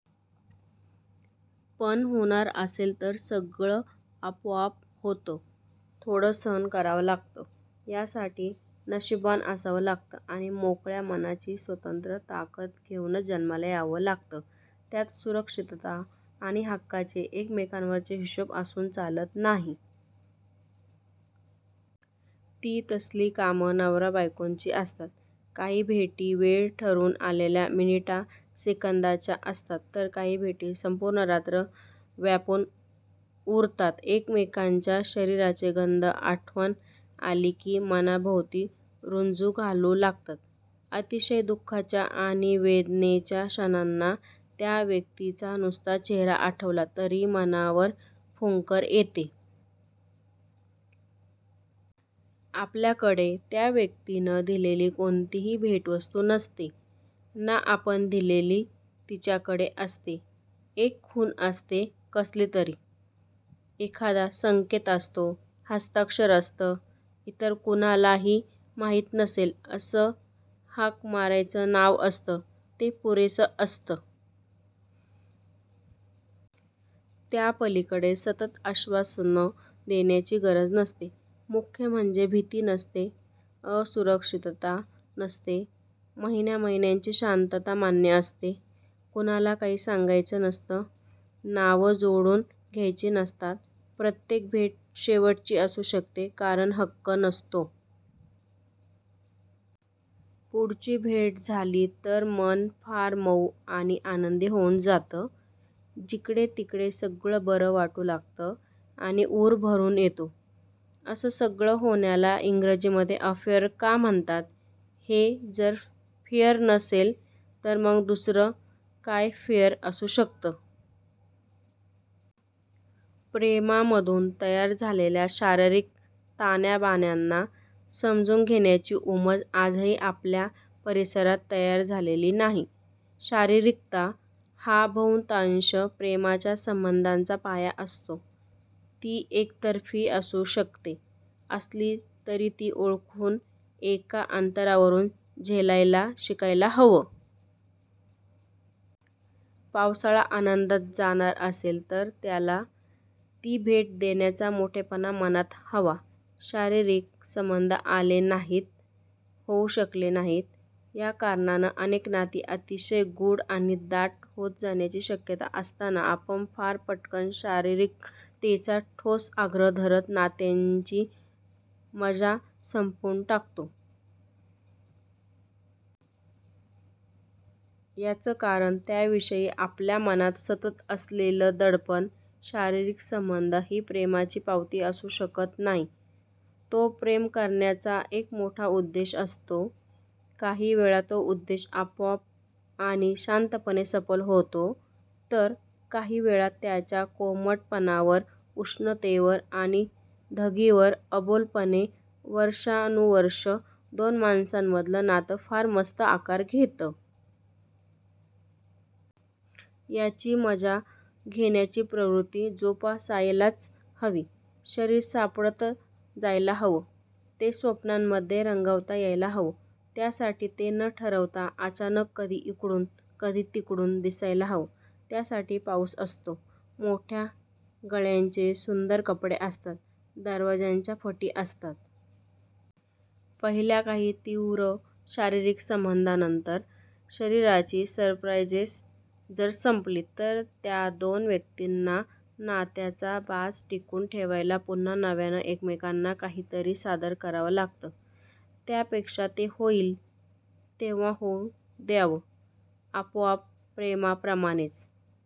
पण होणार असेल तर ते सगळं आपोआप होतं. थोडं सहन करावं लागतं. यासाठी नशीबवान असावं लागतं आणि मोकळ्या मनाची स्वतंत्र ताकद घेऊनच जन्माला यावं लागतं. त्यात सुरक्षितता आणि हक्काचे एकमेकांवरचे हिशोब असून चालत नाही. ती तसली कामं नवराबायकोंची असतात. काही भेटी वेळ ठरवून आलेल्या मिनिटासेकंदाच्या असतात, तर काही भेटी संपूर्ण रात्री व्यापून उरतात. एकमेकांच्या शरीराचे गंध आठवण आली की मनाभोवती रुंजी घालू लागतात. अतिशय दुःखाच्या आणि वेदनेच्या क्षणांना त्या व्यक्तीचा नुसता चेहरा आठवला तरी मनावर फुंकर येते. आपल्याकडे त्या व्यक्तीनं दिलेली कोणतीही भेटवस्तू नसते, ना आपण दिलेली तिच्याकडे असते. एक खूण असते कसलीतरी. एखादा संकेत असतो. हस्ताक्षर असतं. इतर कुणालाही माहीत नसेल असं हाक मारायचं नाव असतं. ते पुरेसं असतं. त्या पलीकडे सतत आश्वासनं देण्याची गरज नसते. मुख्य म्हणजे भीती नसते. असुरक्षितता नसते. महिन्यामहिन्यांची शांतता मान्य असते. कुणाला काही सांगायचं नसतं. नावं जोडून घ्यायची नसतात. प्रत्येक भेट शेवटची असू शकते. कारण हक्क नसतो. पुढची भेट झाली तर मन फार मऊ आणि आनंदी होऊन जातं. जिकडेतिकडे सगळं बरं वाटू लागतं आणि ऊर भरून येतो. असं सगळं होण्याला इंग्रजीमध्ये अफेअर का म्हणतात? हे जर फेअर नसेल तर मग दुसरं काय फेअर असू शकतं? प्रेमामधून तयार झालेल्या शारीरिक ताण्याबाण्यांना समजून घेण्याची उमज आजही आपल्या परिसरात तयार झालेली नाही. शारीरिकता हा बहुतांशी प्रेमाच्या संबंधाचा पाया असतो. ती एकतर्फीही असू शकते. असली तरी ती ओळखून एका अंतरावरून झेलायला शिकायला हवं. पावसाळा आनंदात जाणार असेल तर त्याला ती भेट देण्याचा मोठेपणा मनात हवा. शारीरिक संबंध आले नाहीत, होऊ शकले नाहीत या कारणानं अनेक नाती अतिशय गूढ आणि दाट होत जाण्याची शक्यता असताना आपण फार पटकन शारीरिकतेचा ठोस आग्रह धरत नात्यांची मजा संपवून टाकतो. याचं कारण त्याविषयी आपल्या मनात सतत असलेलं दडपण. शारीरिक संबंध ही प्रेमाची पावती असू शकत नाही. तो प्रेम करण्याचा एक मोठा उद्देश असतो. काही वेळा तो उद्देश आपोआप आणि शांतपणे सफल होतो तर काही वेळा त्याच्या कोमटपणावर, उष्णतेवर आणि धगीवर अबोलपणे वर्षानुवर्षं दोन माणसांमधलं नातं फार मस्त आकार घेतं. याची मजा घेण्याची प्रवृत्ती जोपासायलाच हवी. शरीर सापडत जायला हवं. ते स्वप्नांमध्ये रंगवता यायला हवं. त्यासाठी ते न ठरवता अचानक कधी इकडून कधी तिकडून दिसायला हवं. त्यासाठी पाऊस असतो, मोठ्या गळ्यांचे सुंदर कपडे असतात, दरवाज्यांच्या फटी असतात. पहिल्या काही तीव्र शारीरिक संबंधांनंतर, शरीराची सरप्राईझेस जर संपली तर त्या दोन व्यक्तींना नात्याचा बाज टिकवून ठेवायला पुन्हा नव्यानं एकमेकांना काहीतरी सादर करावं लागतं. त्यापेक्षा ते होईल तेव्हा होऊ द्यावं. आपोआप. प्रेमाप्रमाणेच